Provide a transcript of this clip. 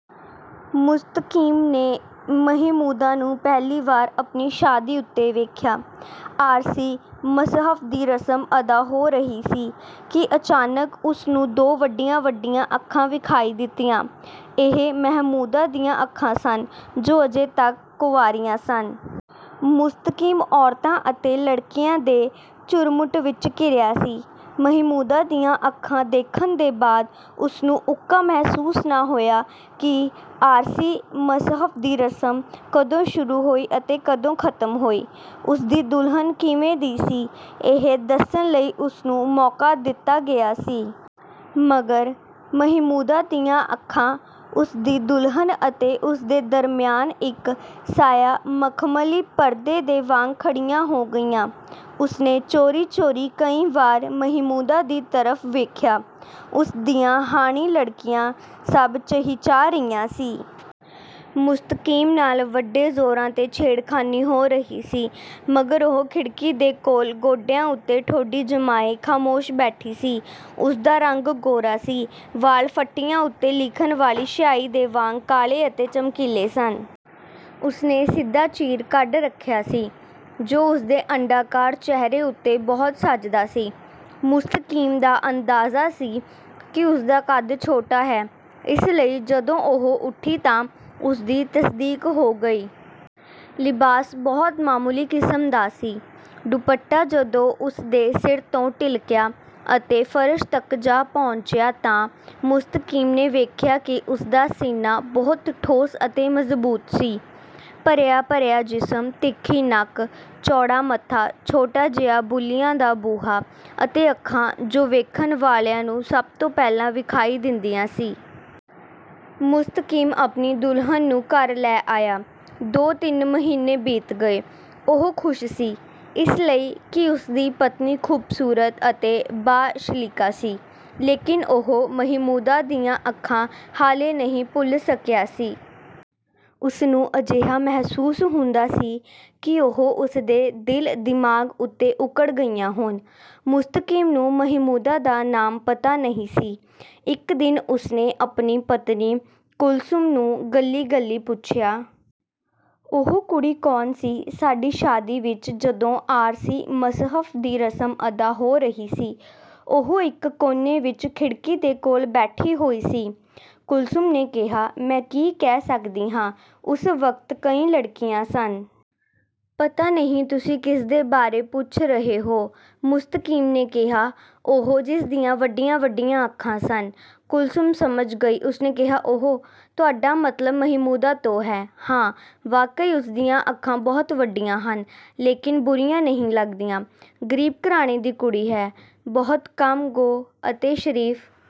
ਮੁਸਤਕੀਮ ਨੇ ਮਹਿਮੂਦਾ ਨੂੰ ਪਹਿਲੀ ਵਾਰ ਆਪਨੀ ਸ਼ਾਦੀ ਉੱਤੇ ਵੇਖਿਆ। ਆਰਸੀ ਮਸਹਫ਼ ਦੀ ਰਸਮ ਅਦਾ ਹੋ ਰਹੀ ਸੀ ਕਿ ਅਚਾਨਕ ਉਸ ਨੂੰ ਦੋ ਵੱਡੀਆਂ-ਵੱਡੀਆਂ ਅੱਖਾਂ ਵਿਖਾਈ ਦਿੱਤੀਆਂ। ਇਹ ਮਹਿਮੂਦਾ ਦੀਆਂ ਅੱਖਾਂ ਸਨ ਜੋ ਅਜੇ ਤੱਕ ਕੰਵਾਰੀਆਂ ਸਨ। ਮੁਸਤਕੀਮ, ਔਰਤਾਂ ਅਤੇ ਲੜਕੀਆਂ ਦੇ ਝੁਰਮੁਟ ਵਿੱਚ ਘਿਰਿਆ ਸੀ। ਮਹਿਮੂਦਾ ਦੀਆਂ ਅੱਖਾਂ ਦੇਖਣ ਦੇ ਬਾਅਦ ਉਸਨੂੰ ਉੱਕਾ ਮਹਿਸੂਸ ਨਾ ਹੋਇਆ ਕਿ ਆਰਸੀ ਮਸਹਫ਼ ਦੀ ਰਸਮ ਕਦੋਂ ਸ਼ੁਰੂ ਹੋਈ ਅਤੇ ਕਦੋਂ ਖ਼ਤਮ ਹੋਈ। ਉਸ ਦੀ ਦੁਲਹਨ ਕਿਵੇਂ ਦੀ ਸੀ, ਇਹ ਦੱਸਣ ਲਈ ਉਸ ਨੂੰ ਮੌਕਾ ਦਿੱਤਾ ਗਿਆ ਸੀ। ਮਗਰ ਮਹਿਮੂਦਾ ਦੀਆਂ ਅੱਖਾਂ ਉਸ ਦੀ ਦੁਲਹਨ ਅਤੇ ਉਸ ਦੇ ਦਰਮਿਆਨ ਇੱਕ ਸਾਇਆ ਮਖ਼ਮਲੀ ਪਰਦੇ ਦੇ ਵਾਂਗ ਖੜੀਆਂ ਹੋ ਗਈਆਂ। ਉਸ ਨੇ ਚੋਰੀ-ਚੋਰੀ ਕਈ ਵਾਰ ਮਹਿਮੂਦਾ ਦੀ ਤਰਫ਼ ਵੇਖਿਆ। ਉਸ ਦੀਆਂ ਹਾਣੀ ਲੜਕੀਆਂ ਸਭ ਚਹਿ-ਚਹਾ ਰਹੀਆਂ ਸੀ। ਮੁਸਤਕੀਮ ਨਾਲ ਵੱਡੇ ਜੋਰਾਂ ਤੇ ਛੇੜਖ਼ਾਨੀ ਹੋ ਰਹੀ ਸੀ। ਮਗਰ ਉਹ ਖਿੜਕੀ ਦੇ ਕੋਲ ਗੋਡਿਆਂ ਉੱਤੇ ਠੋਡੀ ਜਮਾਏ, ਖ਼ਾਮੋਸ਼ ਬੈਠੀ ਸੀ। ਉਸ ਦਾ ਰੰਗ ਗੋਰਾ ਸੀ। ਵਾਲ਼ ਫੱਟੀਆਂ ਉੱਤੇ ਲਿਖਣ ਵਾਲੀ ਸ਼ਿਆਹੀ ਦੇ ਵਾਂਗ ਕਾਲੇ ਅਤੇ ਚਮਕੀਲੇ ਸਨ। ਉਸ ਨੇ ਸਿੱਧਾ ਚੀਰ ਕੱਢ ਰੱਖਿਆ ਸੀ ਜੋ ਉਸ ਦੇ ਅੰਡਾਕਾਰ ਚਿਹਰੇ ਉੱਤੇ ਬਹੁਤ ਸਜਦਾ ਸੀ। ਮੁਸਤਕੀਮ ਦਾ ਅੰਦਾਜ਼ਾ ਸੀ ਕਿ ਉਸ ਦਾ ਕਦ ਛੋਟਾ ਹੈ ਇਸ ਲਈ ਜਦੋਂ ਉਹ ਉੱਠੀ ਤਾਂ ਉਸ ਦੀ ਤਸਦੀਕ ਹੋ ਗਈ। ਲਿਬਾਸ ਬਹੁਤ ਮਾਮੂਲੀ ਕਿਸਮ ਦਾ ਸੀ। ਦੁਪੱਟਾ ਜਦੋਂ ਉਸ ਦੇ ਸਿਰ ਤੋਂ ਢਿਲਕਿਆ ਅਤੇ ਫ਼ਰਸ਼ ਤੱਕ ਜਾ ਪਹੁੰਚਿਆ ਤਾਂ ਮੁਸਤਕੀਮ ਨੇ ਵੇਖਿਆ ਕਿ ਉਸ ਦਾ ਸੀਨਾ ਬਹੁਤ ਠੋਸ ਅਤੇ ਮਜ਼ਬੂਤ ਸੀ। ਭਰਿਆ-ਭਰਿਆ ਜਿਸਮ, ਤਿੱਖੀ ਨੱਕ, ਚੌੜਾ ਮੱਥਾ, ਛੋਟਾ ਜਿਹਾ ਬੁੱਲ੍ਹੀਆਂ ਦਾ ਬੂਹਾ ਅਤੇ ਅੱਖਾਂ ਜੋ ਵੇਖਣ ਵਾਲਿਆਂ ਨੂੰ ਸਭ ਤੋਂ ਪਹਿਲਾਂ ਵਿਖਾਈ ਦਿੰਦੀਆਂ ਸੀ। ਮੁਸਤਕੀਮ ਆਪਣੀ ਦੁਲਹਨ ਨੂੰ ਘਰ ਲੈ ਆਇਆ। ਦੋ ਤਿੰਨ ਮਹੀਨੇ ਬੀਤ ਗਏ। ਉਹ ਖ਼ੁਸ਼ ਸੀ, ਇਸ ਲਈ ਕਿ ਉਸ ਦੀ ਪਤਨੀ ਖ਼ੂਬਸੂਰਤ ਅਤੇ ਬਾ-ਸ਼ਲੀਕਾ ਸੀ। ਲੇਕਿਨ ਉਹ ਮਹਿਮੂਦਾ ਦੀਆਂ ਅੱਖਾਂ ਹਾਲੇ ਨਹੀਂ ਭੁੱਲ ਸਕਿਆ ਸੀ। ਉਸ ਨੂੰ ਅਜਿਹਾ ਮਹਿਸੂਸ ਹੁੰਦਾ ਸੀ ਕਿ ਉਹ ਉਸ ਦੇ ਦਿਲ-ਦਿਮਾਗ਼ ਉੱਤੇ ਉਘੜ ਗਈਆਂ ਹੋਣ। ਮੁਸਤਕੀਮ ਨੂੰ ਮਹਿਮੂਦਾ ਦਾ ਨਾਮ ਪਤਾ ਨਹੀਂ ਸੀ। ਇੱਕ ਦਿਨ ਉਸ ਨੇ ਆਪਣੀ ਪਤਨੀ, ਕੁਲਸੁਮ ਨੂੰ ਗੱਲੀਂ-ਗੱਲੀਂ ਪੁੱਛਿਆ। " ਉਹ ਕੁੜੀ ਕੌਣ ਸੀ ਸਾਡੀ ਸ਼ਾਦੀ ਵਿੱਚ ਜਦੋਂ ਆਰਸੀ ਮਸਹਫ਼ ਦੀ ਰਸਮ ਅਦਾ ਹੋ ਰਹੀ ਸੀ, ਉਹ ਇੱਕ ਕੋਨੇ ਵਿੱਚ ਖਿੜਕੀ ਦੇ ਕੋਲ ਬੈਠੀ ਹੋਈ ਸੀ। "ਕੁਲਸੁਮ ਨੇ ਕਿਹਾ ਮੈਂ ਕੀ ਕਹਿ ਸਕਦੀ ਹਾਂ ਉਸ ਵਕਤ ਕਈ ਲੜਕੀਆਂ ਸਨ। ਪਤਾ ਨਹੀਂ ਤੁਸੀਂ ਕਿਸ ਦੇ ਬਾਰੇ ਪੁੱਛ ਰਹੇ ਹੋ। " ਮੁਸਤਕੀਮ ਨੇ ਕਿਹਾ," ਉਹ ਜਿਸ ਦੀਆਂ ਵੱਡੀਆਂ-ਵੱਡੀਆਂ ਅੱਖਾਂ ਸਨ। "ਕੁਲਸੁਮ ਸਮਝ ਗਈ ਉਸਨੇ ਕਿਹਾ, "ਓਹ ਤੁਹਾਡਾ ਮਤਲਬ ਮਹਿਮੂਦਾ ਤੋਂ ਹੈ, ਹਾਂ ਵਾਕਈ ਉਸ ਦੀਆਂ ਅੱਖਾਂ ਬਹੁਤ ਵੱਡੀਆਂ ਹਨ, ਲੇਕਿਨ ਬੁਰੀਆਂ ਨਹੀਂ ਲੱਗਦੀਆਂ ਗ਼ਰੀਬ ਘਰਾਣੇ ਦੀ ਕੁੜੀ ਹੈ। ਬਹੁਤ ਕਮ ਗੋ ਅਤੇ ਸ਼ਰੀਫ